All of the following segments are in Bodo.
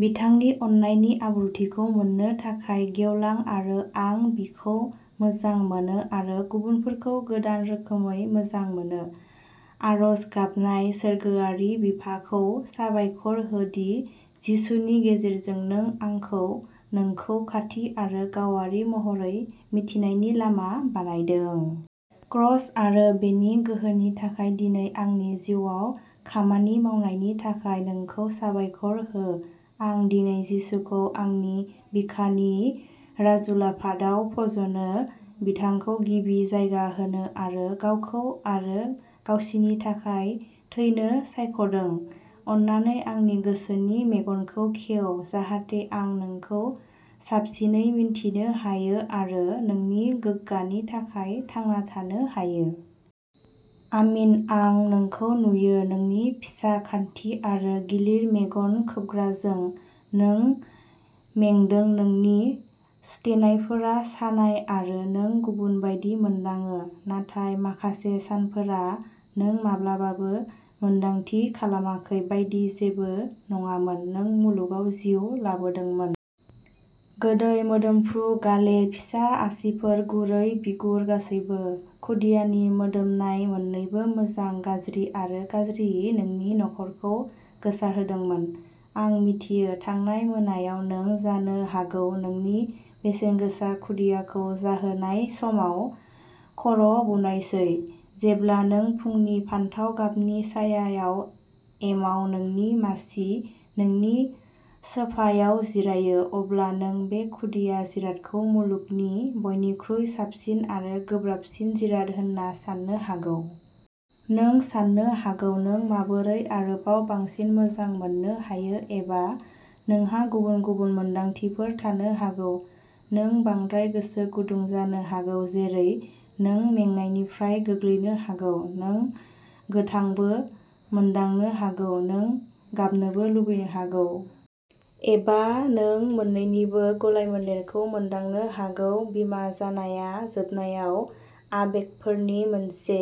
बिथांनि अननायनि आबुंथिखौ मोन्नो थाखाय गेवलां आरो आं बिखौ मोजां मोनो आरो गुबुनफोरखौ गोदान रोखोमै मोजां मोनो। आरज गाबनाय सोरगोआरि बिफाखौ साबायखर हो दि जिसुनि गेजेरजों नों आंखौ नोंखौ खाथि आरो गावारि महरै मिथिनायनि लामा बानायदों। क्रस आरो बेनि गोहोनि थाखाय दिनै आंनि जिउआव खामानि मावनायनि थाखाय नोंखौ साबायखर हो। आं दिनै जिसुखौ आंनि बिखानि राजउलाफादाव फज'नो बिथांखौ गिबि जायगा होनो आरो गावखौ आरो गावसिनि थाखाय थैनो सायख'दों अन्नानै आंनि गोसोनि मेगनखौ खेव जाहाथे आं नोंखौ साबसिनै मिन्थिनो हायो आरो नोंनि गोग्गानि थाखाय थांना थानो हायो। आमीन आं नोंखौ नुयो नोंनि फिसा गान्थि आरो गिलिर मेगन खोबग्राजों। नों मेंदों नोंनि सुथेनायफोरा सानाय आरो नों गुबुन बायदि मोनदाङो। थांनाय माखासे सानफोरा नों माब्लाबाबो मोन्दांथि खालामै बायदि जेबो नङामोन। नों मुलुगाव जिउ लाबोदोंमोन। गोदै मोदोमफ्रु गाले फिसा आसिफोर गुरै बिगुर गासैबो। खुदियानि मोदोमनाय मोन्नैबो मोजां गाज्रि आरो गाज्रि नोंनि न'खरखौ गोसारहोदोंमोन। आं मिथियो थांनाय मोनायाव नों जानो हागौ नोंनि बेसेनगोसा खुदियाखौ जाहोनाय समाव खर'बुनायसै। जेब्ला नों फुंनि फान्थाव गाबनि सायायाव एमाव नोंनि मासि नोंनि सोफायाव जिरायो अब्ला नों बे खुदिया जिरादखौ मुलुगनि बयनिख्रुइ साबसिन आरो गोब्राबसिन जिराद होनना साननो हागौ। नों साननो हागौ नों माबोरै आरोबाव बांसिन मोजां मोननो हायो एबा नोंहा गुबुन गुबुन मोनदांथिफोर थानो हागौ। नों बांद्राय गोसो गुदुं जानो हागौ जेरै नों मेंनायनिफ्राय गोग्लैनो हागौ। नों गोथांबो मोनदांनो हागौ। नों गाबनोबो लुबैनो हागौ। एबा नों मोन्नैनिबो गलायमोन्देरखौ मोनदांनो हागौ। बिमा जानाया जोबनायाव आबेगफोरनि मोनसे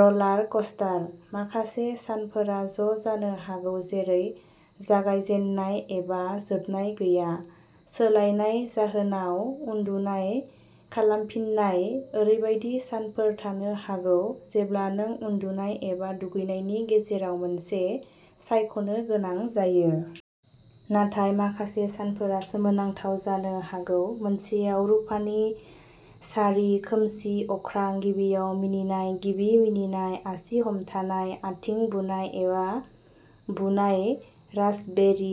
र'लार कस्टार। माखासे सानफोरा ज'जानो हागौ जेरै जागाय जेननाय एबा जोबनाय गैया। सोलायनाय जाहोनाय उन्दुनाय, खालामफिननाय। ओरैबायदि सानफोर थानो हागौ जेब्ला नों उन्दुनाय एबा दुगैनायनि गेजेराव मोनसे सायख'नो गोनां जायो। नाथाय, माखासे सानफोरा सोमोनांथाव जानो हागौ मोनसेआव रुफानि सारि खोमसि अख्रां गिबियाव मिनिनाय गिबि मिनिनाय आसि हमथानाय आथिं बुनाय खुगा बुनाय रास्पबेरी।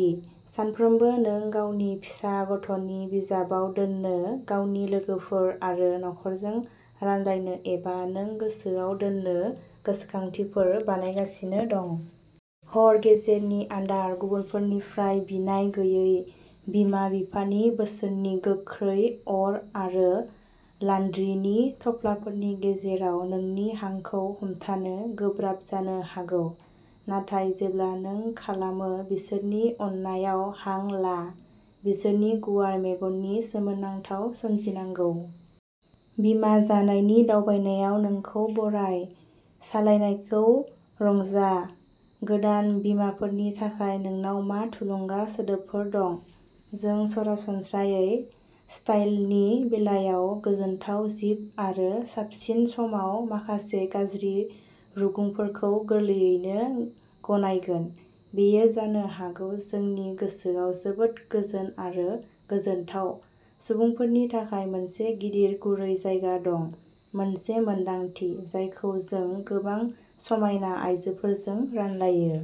सानफ्रोमबो नों गावनि फिसा गथ'नि बिजाबाव दोन्नो गावनि लोगोफोर आरो नखरजों रानलायनो एबा नोंनि गोसोआव दोननो गोसोखांथिफोर बानायगासिनो दं। हर गेजेरनि आदार गुबुनफोरनिफ्राय बिनाय गैयै बिमा बिफानि बोसोननि गोख्रै अर आरो लान्ड्रीनि थफ्लाफोरनि गेजेराव नोंनि हांखौ हमथानो गोब्राब जानो हागौ। नाथाय जेब्ला नों खालामो बिसोरनि अननायाव हां ला। बिसोरनि गुवार मेगननि सोमोनांथावाव सोमजिनांगौ। बिमा जानायनि दावबायनायाव नोंखौ बराय। सालायनायखौ रंजा। गोदान बिमाफोरनि थाखाय नोंनाव मा थुलुंगा सोदोबफोर दं? जों सरासनस्रायै स्टाइलनि बेलायाव गोजोनथाव जिब आरो साबसिन समाव माखासे गाज्रि रुगुंफोरखौ गोरलैयैनो गनायगोन। बेयो जानो हागौ जोंनि गोसोआव जोबोद गोजोन आरो गोजोनथाव सुबुंफोरनि थाखाय मोनसे गिदिर गुरै जायगा दं, मोनसे मोनदांथि जायखौ जों गोबां समायना आइजोफोरजों रानलायो।